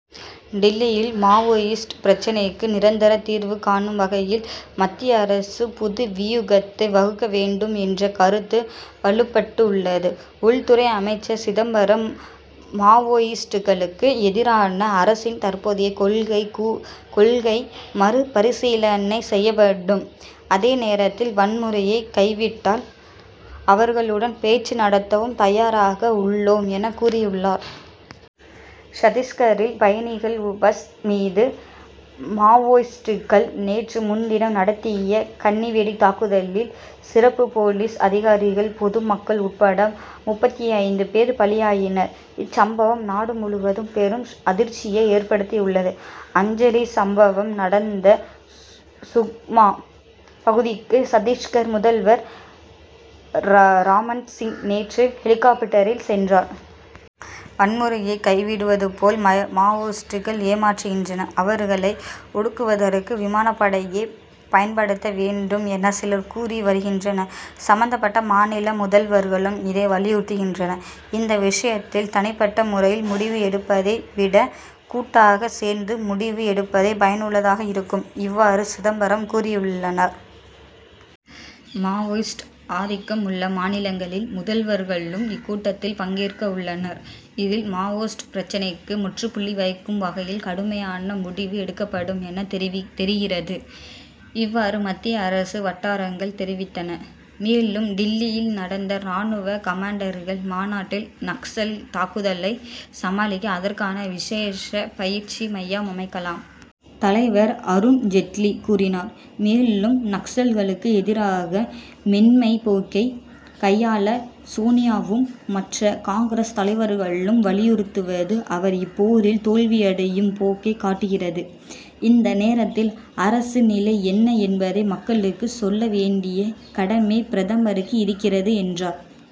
புதுடில்லி Maoist பிரச்னைக்கு நிரந்தர தீர்வு காணும் வகையில் மத்திய அரசு புது வியூகத்தை வகுக்க வேண்டும் என்ற கருத்து வலுப்பட்டுள்ளது. உள்துறை அமைச்சர் சிதம்பரம் மாவோயிஸ்டுகளுக்கு எதிரான அரசின் தற்போதைய கொள்கை மறு பரிசீலனை செய்யப்படும். அதே நேரத்தில் வன்முறையை கைவிட்டால் அவர்களுடன் பேச்சு நடத்தவும் தயாராக உள்ளோம் என கூறியுள்ளார். சத்திஸ்கரில் பயணிகள் பஸ் மீது மாவோயிஸ்டுகள் நேற்று முன்தினம் நடத்திய கண்ணி வெடி தாக்குதலில் சிறப்பு போலீஸ் அதிகாரிகள் பொது மக்கள் உட்பட முப்பத்தைந்து பேர் பலியாயினர். இச்சம்பவம் நாடு முழுவதும் பெரும் அதிர்ச்சியை ஏற்படுத்தியுள்ளது. அஞ்சலி சம்பவம் நடந்த சுக்மா பகுதிக்கு சத்திஸ்கர் முதல்வர் ராமன் சிங் நேற்று ஹெலிகாப்டரில் சென்றார். வன்முறையை கைவிடுவது போல் மாவோயிஸ்டுகள் ஏமாற்றுகின்றனர். அவர்களை ஒடுக்குவதற்கு விமானப்படை பயன்படுத்த வேண்டும் என சிலர் கூறி வருகின்றனர். சம்பந்தப்பட்ட மாநில முதல்வர்களும் இதை வலியுறுத்துகின்றனர். இந்த விஷயத்தில் தனிப்பட்ட முறையில் முடிவு எடுப்பதை விட கூட்டாக சேர்ந்து முடிவு எடுப்பதே பயனுள்ளதாக இருக்கும். இவ்வாறு சிதம்பரம் கூறியுள்ளார். மாவோயிஸ்ட் ஆதிக்கம் உள்ள மாநிலங்களின் முதல்வர்களும் இக்கூட்டத்தில் பங்கேற்கவுள்ளனர். இதில் மாவோயிஸ்ட் பிரச்னைக்கு முற்றுப்புள்ளி வைக்கும் வகையில் கடுமையான முடிவு எடுக்கப்படும் என தெரிகிறது. இவ்வாறு மத்திய அரசு வட்டாரங்கள் தெரிவித்தன. மேலும் டில்லியில் நடந்த ராணுவ கமாண்டர்கள் மாநாட்டில் நக்சல்கள் தாக்குதலை சமாளிக்க அதற்கான விசேஷ பயிற்சி மையம் அமைக்கலாம். தலைவர் அருண் ஜெட்லி கூறினார். மேலும் நக்சல்களுக்கு எதிராக மென்மைப் போக்கை கையாள சோனியாவும் மற்ற காங்கிரஸ் தலைவர்களும் வலியுறுத்துவது அவர் இப்போரில் தோல்வியடையும் போக்கை காட்டுகிறது. இந்த நேரத்தில் அரசு நிலை என்ன என்பதை மக்களுக்கு சொல்ல வேண்டிய கடமை பிரதமருக்கு இருக்கிறது என்றார்.